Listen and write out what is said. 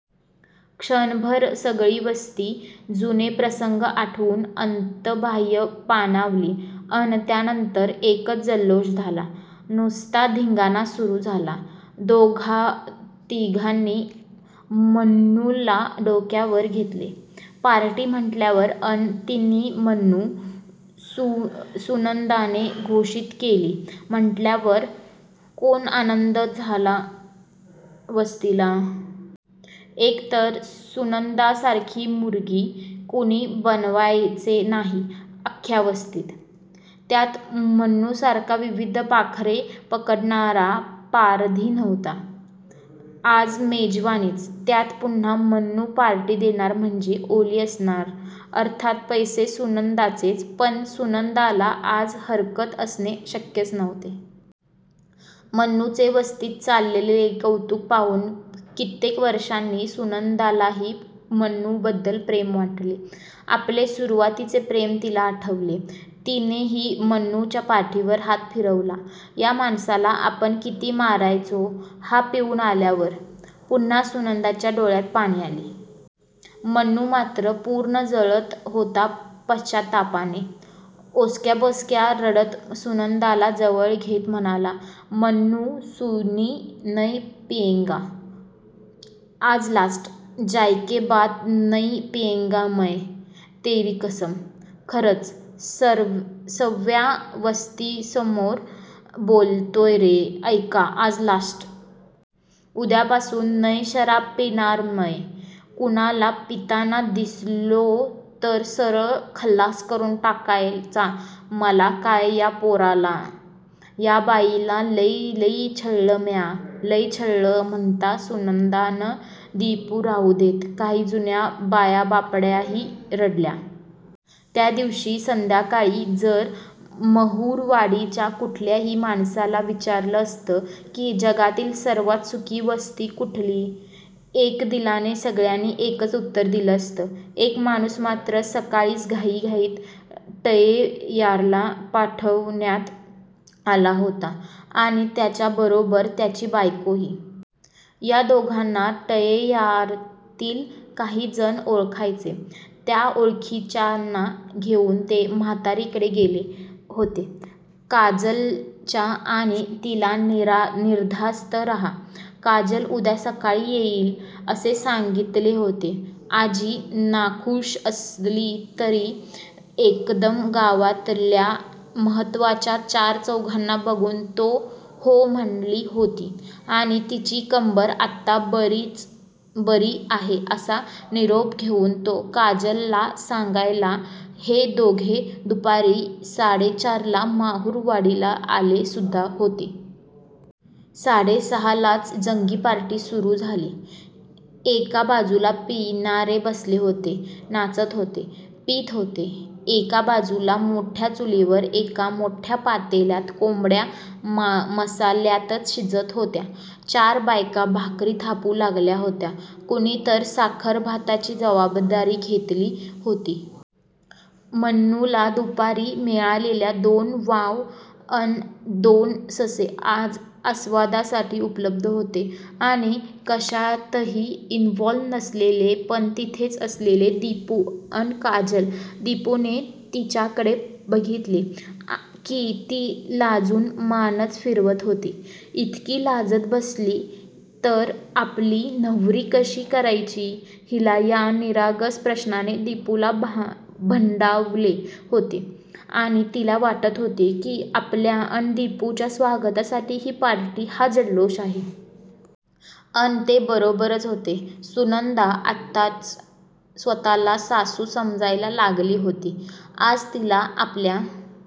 क्षणभर सगळी वस्ती जुने प्रसंग आठवून अंतर्बाह्य पाणावली. अन त्यानंतर एकच जल्लोष झाला. नुसता धिंगाणा सुरू झाला. दोघातिघांनी मन्नूला डोक्यावर घेतले. पार्टी म्हंटल्यावर अन तीही मन्नू, सुनंदाने घोषित केली म्हंटल्यावर कोण आनंद झाला वस्तीला. एकतर सुनंदासारखी मुर्गी कुणी बनवायचे नाही अख्ख्या वस्तीत! त्यात मन्नूसारखा विविध पाखरे पकडणारा पारधी नव्हता. आज मेजवानीच! त्यात पुन्हा मन्नू पार्टी देणार म्हणजे ओली असणार! अर्थात, पैसे सुनंदाचेच! पण सुनंदाला आज हरकत असणे शक्यच नव्हते. मन्नूचे वस्तीत चाललेले कौतूक पाहून कित्येक वर्षांनी सुनंदालाही मन्नूबद्दल प्रेम वाटले. आपले सुरुवातीचे प्रेम तिला आठवले. तिनेही मन्नूच्या पाठीवरून हात फिरवला. या माणसाला आपण किती मारायचो हा पिऊन आल्यावर! पुन्हा सुनंदाच्या डोळ्यात पाणी आले. मन्नू मात्र पूर्ण जळत होता पश्चात्तापाने. ओक्साबोक्शी रडत सुनंदाला जवळ घेत म्हणाला. मन्नू सुनी नय पियेंगा. आज लास्ट. आजके बाद नय पियेंगा मय. तेरी कसम. खरच. सर्व्या वस्तीसमोर बोलतोय रे. ऐका. आज लास्ट. उद्यापासून नय शराब पिणार मय. कुनाला पिताना दिसलोच तर सरळ खल्लास करून टाकायचा मला काय या पोराला, या बाईला लय लय छळलं म्या. 'लय छळलं' म्हणता सुनंदा अन दिपू राहूदेत. काही जुन्या बायाबापड्याही रडल्या. त्या दिवशी संध्याकाळी जर महुरवाडीच्या कुठल्याही माणसाला विचारलं असतं की जगातील सर्वात सुखी वस्ती कुठली? एकदिलाने सगळ्यांनी एकच उत्तर दिलं असतं! एक माणूस मात्र सकाळीच घाईघाईत टहेर्याला पाठवण्यात आला होता आणि त्याच्या बरोबर त्याची बायकोही. या दोघांना टहेर्यातील काही जण ओळखायचे. त्या ओळखीच्यांना घेऊन ते म्हातारीकडे गेले होते काजलच्या आणि तिला निर्धास्त रहा, काजल उद्या सकाळी येईल असे सांगीतले होते. आजी नाखुष असली तरी एकदम गावातल्या महत्वाच्या चारचौघांना बघून हो म्हणाली होती आणि तिची कंबर आता बरीच बरी आहे असा निरोप घेऊन तो काजलला सांगायला हे दोघे दुपारी साडे चारला महुरवाडीला आले सुद्धा होते. साडे सहालाच जंगी पार्टी सुरू झाली. एका बाजूला पिणारे बसले होते. नाचत होते. पीत होते. एका बाजूला मोठ्या चुलीवर एका मोठ्या पातेल्यात कोंबड्या मसाल्यातच शिजत होत्या. चार बायका भाकरी थापू लागल्या होत्या. कुणीतरी साखरभाताची जबाबदारी घेतली होती. मन्नूला दुपारी मिळालेल्या दोन वांब अन दोन ससे आज आस्वादासाठी उपलब्ध होते आणि कशातही इन्व्हॉल्व्ह नसलेले पण तिथेच असलेले दिपू अन काजल, दिपूने तिच्याकडे बघितले की ती लाजून मानच फिरवत होती. इतकी लाजत बसली तर आपली नवरी कशी करायची हिला या निरागस प्रश्नाने दिपूला भंडावले होते आणि तिला वाटत होते की आपल्या अन दिपूच्या स्वागतासाठी ही पार्टी, हा जल्लोष आहे. अन ते बरोबरच होते. सुनंदा आत्ताच स्वतःला सासू समजायला लागली होती. आज तिला आपल्या